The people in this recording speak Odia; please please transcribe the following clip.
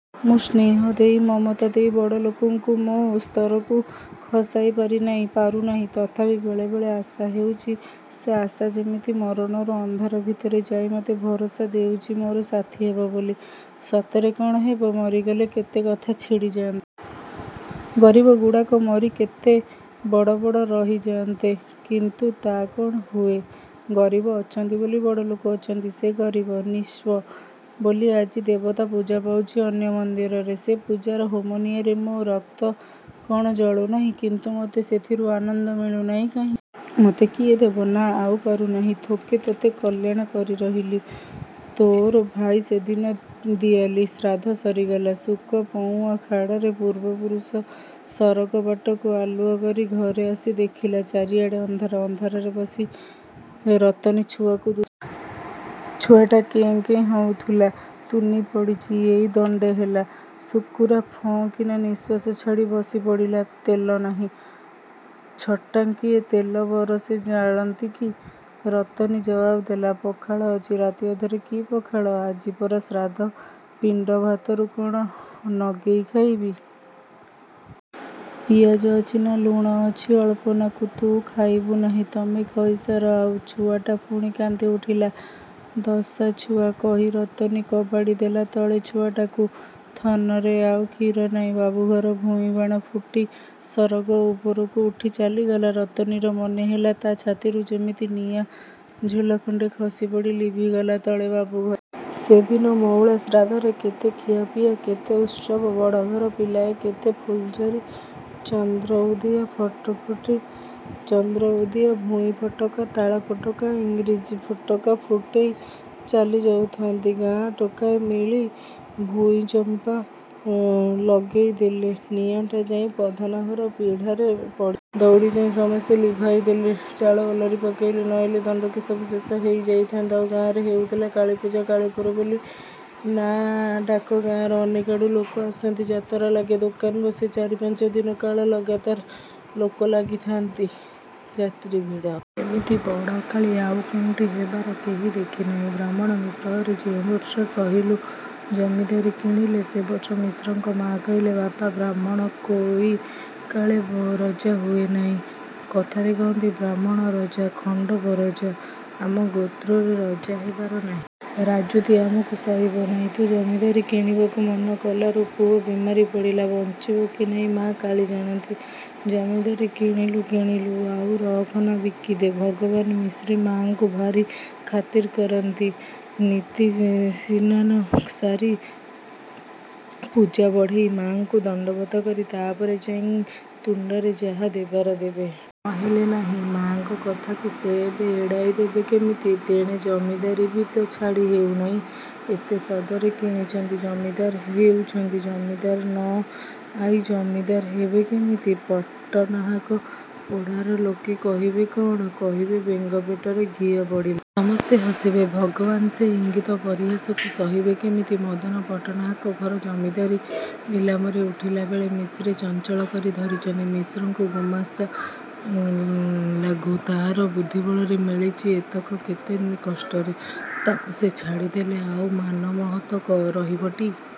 ମୁଁ ସ୍ନେହ ଦେଇ, ମମତା ଦେଇ ବଡ଼ଲୋକଙ୍କୁ ମୋ ସ୍ତରକୁ ଖସାଇ ପାରିନାହିଁ। ପାରୁନାହିଁ। ତଥାପି ବେଳେବେଳେ ଆଶା ହେଉଛି। ସେ ଆଶା ଯେମିତି ମରଣର ଅନ୍ଧାର ଭିତରେ ଯାଇ ମୋତେ ଭରସା ଦେଉଛି ମୋର ସାଥୀ ହେବ ବୋଲି। ସତରେ କ'ଣ ହେବ? ମରିଗଲେ କେତେ କଥା ଛିଡ଼ି ଯାଆନ୍ତା। ଗରିବଗୁଡ଼ାକ ମରି, କେତେ ବଡ଼ବଡ଼ ରହିଯାଆନ୍ତେ। କିନ୍ତୁ ତା' କ'ଣ ହୁଏ? ଗରିବ ଅଛନ୍ତି ବୋଲି ବଡ଼ଲୋକ ଅଛନ୍ତି। ସେ ଗରିବ, ନିଃସ୍ୱ ବୋଲି ଆଜି ଦେବତା ପୂଜା ପାଉଛି ଅନ୍ୟ ମନ୍ଦିରରେ। ସେ ପୂଜାର ହୋମନିଆଁରେ ମୋ ରକ୍ତ କ'ଣ ଜଳୁ ନାହିଁ? କିନ୍ତୁ ମୋତେ ସେଥିରୁ ଆନନ୍ଦ ମିଳୁ ନାହିଁ କାହିଁକି? ମୋତେ କିଏ ଦେବ? ନା, ଆଉ ପାରୁନାହିଁ। ଥୋକେ ତୋତେ କଲ୍ୟାଣ କରି ରହିଲି। ତୋର ଭାଇ ସେଦିନ ଦିଆଲି। ଶ୍ରାଦ୍ଧ ସରିଗଲା। ଶୁକ ପଇଁଆ ଖାଡ଼ରେ ପୂର୍ବପୁରୁଷଙ୍କ ସରଗ ବାଟକୁ ଆଲୁଅ କରି ଘରେ ଆସି ଦେଖିଲା, ଚାରିଆଡ଼େ ଅନ୍ଧାର। ଅନ୍ଧାରରେ ବସି ରତନୀ ଛୁଆକୁ । ଛୁଆଟା କେଁ କେଁ ହଉଥିଲା, ତୁନି ପଡ଼ିଚି ଏଇ ଦଣ୍ଡେ ହେଲା। ଶୁକୁରା ଫଁ କିନା ନିଃଶ୍ୱାସ ଛାଡ଼ି ବସି ପଡ଼ିଲା।“ତେଲ ନାହିଁ?”“ଛଟାଙ୍କିଏ ତେଲ ବରଷେ ଜାଳନ୍ତି କି?” ରତନୀ ଜବାବ ଦେଲା।“ପଖାଳ ଅଛି?”“ରାତିଅଧରେ କି ପଖାଳ? ଆଜି ପରା ଶ୍ରାଦ୍ଧ! ପିଣ୍ଡ ଭାତରୁ”“କ'ଣ ନଗେଇ ଖାଇବି? ପିଆଜ ଅଛି?”ନା।“ଲୁଣ?”“ଅଛି, ଅଳ୍ପନାକୁ।”“ତୁ ଖାଇବୁ ନାହିଁ?”“ତମେ ଖଇସାର, ଆଗ।”ଛୁଆଟା ପୁଣି କାନ୍ଦି ଉଠିଲା।“ଦଶା ଛୁଆ!” କହି ରତନୀ କଚାଡ଼ି ଦେଲା ତଳେ ଛୁଆଟାକୁ। ଥନରେ ଆଉ କ୍ଷୀର ନାହିଁ। ବାବୁଘର ଭୂଇଁବାଣ ଫୁଟି ସରଗ ଉପରକୁ ଉଠି ଚାଲିଗଲା। ରତନୀର ମନେ ହେଲା, ତା' ଛାତିରୁ ଯେମିତି ନିଆଁ ଝୁଲଖଣ୍ଡେ ଖସିପଡ଼ି ଲିଭିଗଲା ତଳେ! ବାବୁଘରେ ସେଦିନ ମଉଳା ଶ୍ରାଦ୍ଧରେ କେତେ ଖିଆପିଆ, କେତେ ଉତ୍ସବ! ବଡ଼ଘର ପିଲାଏ କେତେ ଫୁଲଝରି, ଚନ୍ଦ୍ରଉଦିଆ, ଫଟଫଟି, ଚନ୍ଦ୍ରଉଦିଆ ଭୂଇଁ ଫଟକା, ତାଳ ଫଟକା, ଇଂରିଜୀ ଫଟକା ଫୁଟେଇ ଚାଲିଯାଉଛନ୍ତି। ଗାଁ ଟୋକାଏ ମିଳି ଭୂଇଁଚମ୍ପା ଲଗେଇ ଦେଲେ। ନିଆଁଟା ଯାଇ ପଧାନ ଘର ପିଢ଼ାରେ ପଡ଼ିଲା। ଦଉଡ଼ି ଯାଇ ସମସ୍ତେ ଲିଭାଇ ଦେଲେ, ଚାଳ ଓଲାରି ପକେଇଲେ। ନଇଲେ ଦଣ୍ଡକେ ସବୁ ଶେଷ ହେଇ ଯାଇଥାନ୍ତା। ଆର ଗାଁରେ ହେଉଥିଲା କାଳୀପୂଜା। ‘କାଳୀପୁର’ ବୋଲି ନାଆଁ ଡାକ ଗାଁର। ଅନେକ ଆଡ଼ୁ ଲୋକ ଆସନ୍ତି। ଯାତରା ଲାଗେ, ଦୋକାନ ବସେ। ଚାରିପାଞ୍ଚ ଦିନ କାଳ ଲଗାତାର ଲୋକ ଲାଗିଥାନ୍ତି, ଯାତ୍ରୀ ଭିଡ଼। ଏମିତି ବଡ଼ କାଳୀ ଆଉ କେଉଁଠି ହେବାର କେହି ଦେଖି ନାହିଁ। ବାହ୍ମୁଣ ମିଶ୍ରଘରେ ଯେଉଁ ବର୍ଷ ସହିଲୁ ଜମିଦାରୀ କିଣିଲେ, ସେ ବର୍ଷ ମିଶ୍ରଙ୍କ ମା' କହିଲେ“ବାପା, ବାହ୍ମୁଣ କୋଇ କାଳେ ରଜା ହୁଏ ନାହିଁ। କଥାରେ କହନ୍ତି ବାହ୍ମୁଣ ରଜା, ଖଣ୍ଟ ପରଜା। ଆମ ଗୋତ୍ରରେ ରଜା ହେବାର ନାହିଁ। ରାଜୁତି ଆମକୁ ସଇବ ନାହିଁ। ତୁ ଜମିଦାରୀ କିଣିବାକୁ ମନ କଲାରୁ ପୁଅ ବେମାରି ପଡ଼ିଲା। ବଞ୍ଚିବ କି ନାହିଁ ମା' କାଳୀ ଜାଣନ୍ତି। ଜମିଦାରୀ କିଣିଲୁ କିଣିଲୁ, ଆଉ ରଖନା ବିକି ଦେ।”ଭଗବାନ ମିଶ୍ରେ ମା'ଙ୍କୁ ଭାରି ଖାତିର କରନ୍ତି। ନିତି ସିନାନ ସାରି, ପୂଜା ବଢ଼େଇ, ମା'ଙ୍କୁ ଦଣ୍ଡବତ କରି, ତା'ପରେ ଯାଇ ତୁଣ୍ଡରେ ଯାହା ଦେବାର ଦେବେ। ନ ହେଲେ ନାହିଁ। ମା'ଙ୍କ କଥାକୁ ସେ ଏବେ ଏଡ଼ାଇ ଦେବେ କେମିତି? ତେଣେ ଜମିଦାରୀ ବି ତ ଛାଡ଼ି ହେଉ ନାହିଁ। ଏତେ ସଦରେ କିଣିଛନ୍ତି। ଜମିଦାର ହେଇଛନ୍ତି। ଜମିଦାରୀ ନ ଥାଇ ଜମିଦାର ହେବେ କେମିତି? ପଟ୍ଟନାହାକ ପଡ଼ାର ଲୋକେ କହିବେ କ'ଣ? କହିବେ ବେଙ୍ଗ ପେଟରେ ଘିଅ ପଚିଲା ନାହିଁ। ସମସ୍ତେ ହସିବେ। ଭଗବାନ ସେ ଇଙ୍ଗିତ ପରିହାସକୁ ସହିବେ କେମିତି? ମଦନ ପଟ୍ଟନାହାକ ଘର ଜମିଦାରୀ ନିଲାମରେ ଉଠିଲାବେଳେ ମିଶ୍ରେ ଚଞ୍ଚକ କରି ଧରିଛନ୍ତି। ମିଶ୍ରଙ୍କ ଗୁମାସ୍ତା ଭାଗୁ। ତା'ର ବୁଦ୍ଧିବଳରେ ମିଳିଛି ଏତକ କେତେ କଷ୍ଟରେ। ତାକୁ ସେ ଛାଡ଼ି ଦେଲେ ଆଉ ମାନମହତ ରହିବଟି!